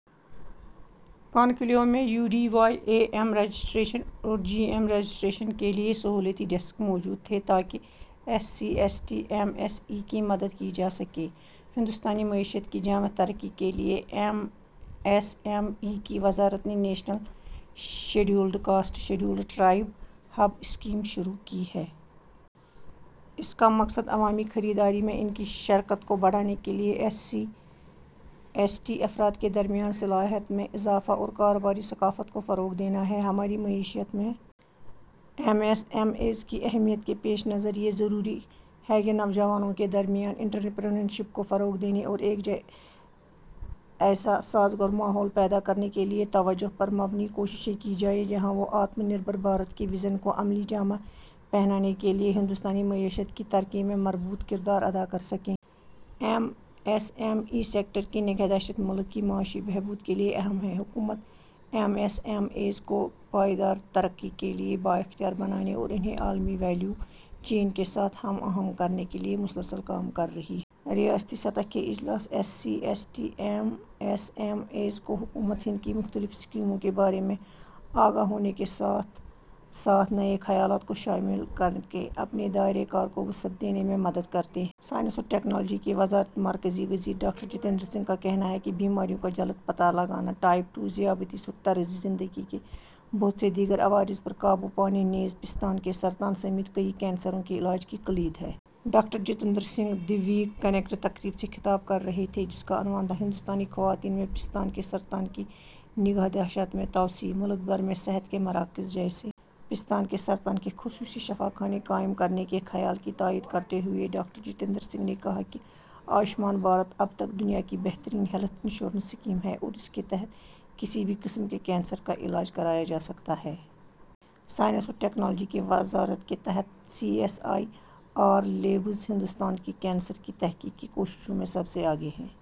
Conclave میں U D Y A M registration اور G E M registration کے لیے سہولتی ڈیسک موجود تھے تاکہ S C, S T M S E کی مدد کی جا سکے۔ ہندوستانی معیشت کی جامع ترقی کے لیے، ایم ایس ایم ای کی وزارت نے national scheduled caste scheduled tribe hub scheme شروع کی ہے۔ اس کا مقصد عوامی خریداری میں ان کی شرکت کو بڑھانے کے لیے ایس سی، ایس ٹی افراد کے درمیان صلاحیت میں اضافہ اور کاروباری ثقافت کو فروغ دینا ہے۔ ہماری معیشت میں ایم ایس ایم ایز کی اہمیت کے پیش نظر، یہ ضروری ہے کہ نوجوانوں کے درمیان انٹرپرینیورشپ کو فروغ دینے اور ایک ایسا سازگار ماحول پیدا کرنے کے لیے توجہ پر مبنی کوششیں کی جائیں، جہاں وہ آتم نربھر بھارت کے وژن کو عملی جامہ پہنانے کے لیے ہندوستانی معیشت کی ترقی میں مربوط کردار ادا کر سکیں۔ M S M E sector کی نگہداشت ملک کی معاشی بہبود کے لیے اہم ہے۔ حکومت ایم ایس ایم ایز کو پائیدار ترقی کے لیے بااختیار بنانے اور انہیں عالمی ویلیو چین کے ساتھ ہم آہنگ کرنے کے لیے مسلسل کام کر رہی ہے۔ ریاستی سطح کے اجلاس S C, S T M S M Es کو حکومت ہند کی مختلف اسکیموں کے بارے میں آگاہ ہونے کے ساتھ ساتھ نئے خیالات کو شامل کرکے اپنے دائرہ کار کو وسعت دینے میں مدد کرتے ہیں۔ سائنس اور ٹیکنالوجی کی وزارت مرکزی وزیر ڈاکٹر جتیندر سنگھ کا کہنا ہے کہ بیماریوں کا جلد پتہ لگانا ٹائپ ٹو ذیابیطس اور طرز زندگی کے بہت سے دیگر عوارض پر قابو پانے نیز پستان کے سرطان سمیت کئی کینسروں کے علاج کی کلید ہے۔ Doctor Jitendra Singh the week connect تقریب سے خطاب کر رہے تھے، جس کا عنوان تھا، "ہندوستانی خواتین میں پستان کے سرطان کی نگہداشت میں توسیع"۔ ملک بھر میں صحت کے مراکز جیسے پستان کے سرطان کے خصوصی شفا خانے قائم کرنے کے خیال کی تائید کرتے ہوئے ڈاکٹر جتیندر سنگھ نے کہا کہ آیوشمان بھارت اب تک دنیا کی بہترین ہیلتھ انشورنس اسکیم ہے اور اس کے تحت کسی بھی قسم کے کینسر کا علاج کرایا جا سکتا ہے۔ سائنس اور ٹیکنالوجی کی وزارت کے تحت C S I R labs Hindustan کی کینسر کی تحقیق کی کوششوں میں سب سے آگے ہیں۔